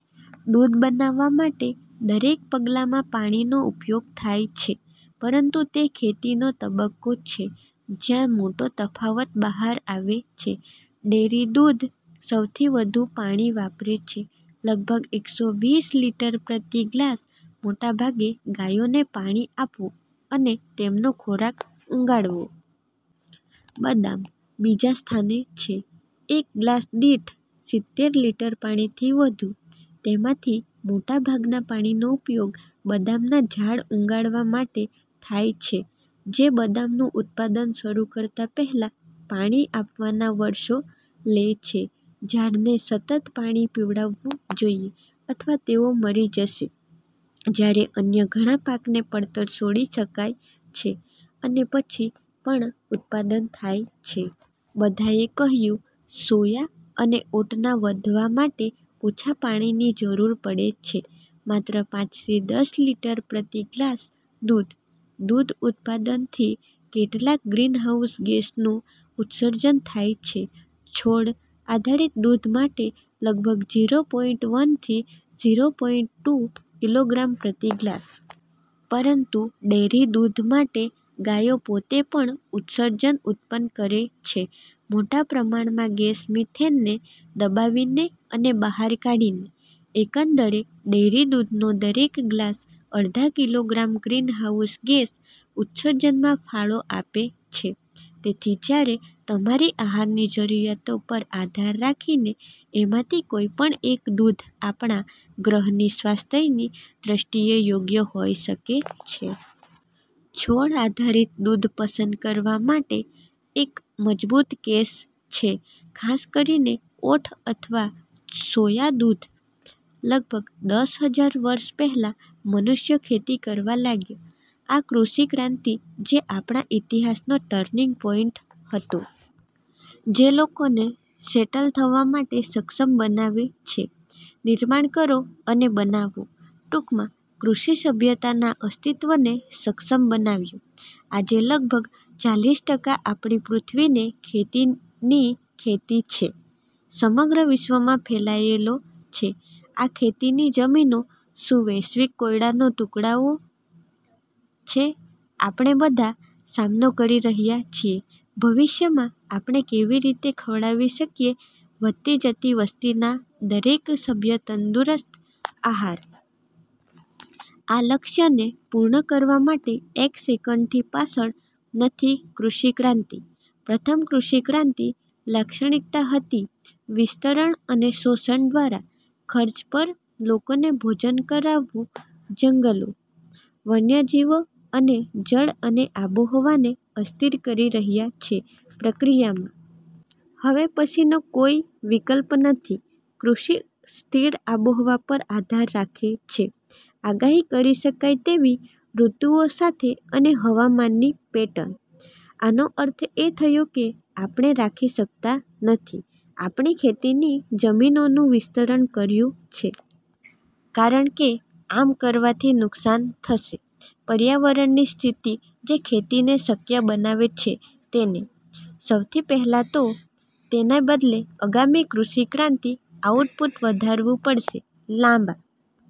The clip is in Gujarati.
દૂધ બનાવવા માટે દરેક પગલામાં પાણીનો ઉપયોગ થાય છે, પરંતુ તે ખેતીનો તબક્કો છે જ્યાં મોટા તફાવતો બહાર આવે છે. ડેરી દૂધ સૌથી વધુ પાણી વાપરે છે- લગભગ એકસો વીસ લિટર પ્રતિ ગ્લાસ, મોટે ભાગે ગાયોને પાણી આપવું અને તેમનો ખોરાક ઉગાડવો. બદામ બીજા સ્થાને છે, એક ગ્લાસ દીઠ સિત્તેર લિટર પાણીથી વધુ. તેમાંથી મોટાભાગના પાણીનો ઉપયોગ બદામના ઝાડ ઉગાડવા માટે થાય છે. જે બદામનું ઉત્પાદન શરૂ કરતા પહેલા પાણી આપવાના વર્ષો લે છે. ઝાડને સતત પાણી પીવડાવવું જોઈએ, અથવા તેઓ મરી જશે, જ્યારે અન્ય ઘણા પાકને પડતર છોડી શકાય છે અને પછી પણ ઉત્પાદન થાય છે. બધાએ કહ્યું, સોયા અને ઓટને વધવા માટે ઓછા પાણીની જરૂર પડે છે: માત્ર પાંચ થી દસ લિટર પ્રતિ ગ્લાસ દૂધ. દૂધ ઉત્પાદનથી કેટલાક ગ્રીનહાઉસ ગેસનું ઉત્સર્જન થાય છે- છોડ આધારિત દૂધ માટે લગભગ ઝીરો પોઈન્ટ વન થી ઝીરો પોઈન્ટ ટુ કિલોગ્રામ પ્રતિ ગ્લાસ. પરંતુ ડેરી દૂધ માટે, ગાયો પોતે પણ ઉત્સર્જન ઉત્પન્ન કરે છે મોટા પ્રમાણમાં ગેસ મિથેનને દબાવીને અને બહાર કાઢીને. એકંદરે, ડેરી દૂધનો દરેક ગ્લાસ અડધા કિલોગ્રામ ગ્રીનહાઉસ ગેસ ઉત્સર્જનમાં ફાળો આપે છે. તેથી જ્યારે તમારી આહારની જરૂરિયાતો પર આધાર રાખીને, આમાંથી કોઈપણ એક દૂધ આપણા ગ્રહના સ્વાસ્થ્યની દ્રષ્ટિએ યોગ્ય હોઈ શકે છે. છોડ આધારિત દૂધ પસંદ કરવા માટે એક મજબૂત કેસ છે, ખાસ કરીને ઓટ અથવા સોયા દૂધ. લગભગ દસ હજાર વર્ષ પહેલાં, મનુષ્યો ખેતી કરવા લાગ્યા. આ કૃષિ ક્રાંતિ જે આપણા ઇતિહાસનો ટર્નિંગ પોઇન્ટ હતો. જે લોકોને સેટલ થવા માટે સક્ષમ બનાવે છે, નિર્માણ કરો અને બનાવો. ટૂંકમાં, કૃષિ સભ્યતાના અસ્તિત્વને સક્ષમ બનાવ્યું. આજે, લગભગ ચાલીસ ટકા આપણી પૃથ્વીની ખેતીની ખેતી છે. સમગ્ર વિશ્વમાં ફેલાયેલો છે. આ ખેતીની જમીનો શું વૈશ્વિક કોયડાના ટુકડાઓ છે આપણે બધા સામનો કરી રહ્યા છીએ: ભવિષ્યમાં, આપણે કેવી રીતે ખવડાવી શકીએ વધતી જતી વસ્તીના દરેક સભ્ય તંદુરસ્ત આહાર? આ લક્ષ્યને પૂર્ણ કરવા માટે એક સેકન્ડથી પાછળ નથી કૃષિ ક્રાંતિ. પ્રથમ કૃષિ ક્રાંતિ લાક્ષણિકતા હતી વિસ્તરણ અને શોષણ દ્વારા, ખર્ચ પર લોકોને ભોજન કરાવવું જંગલો, વન્યજીવન અને જળ અને આબોહવાને અસ્થિર કરી રહ્યા છે પ્રક્રિયામાં. હવે પછીનો કોઈ વિકલ્પ નથી. કૃષિ સ્થિર આબોહવા પર આધાર રાખે છે. આગાહી કરી શકાય તેવી ઋતુઓ સાથે અને હવામાનની પેટર્ન. આનો અર્થ એ થયો કે આપણે રાખી શકતા નથી આપણી ખેતીની જમીનોનું વિસ્તરણ કર્યું છે. કારણ કે આમ કરવાથી નુકસાન થશે પર્યાવરણની સ્થિતિ જે ખેતીને શક્ય બનાવે છે તેને, સૌથી પહેલાં તો. તેના બદલે, આગામી કૃષિ ક્રાંતિ આઉટપુટ વધારવું પડશે લાંબા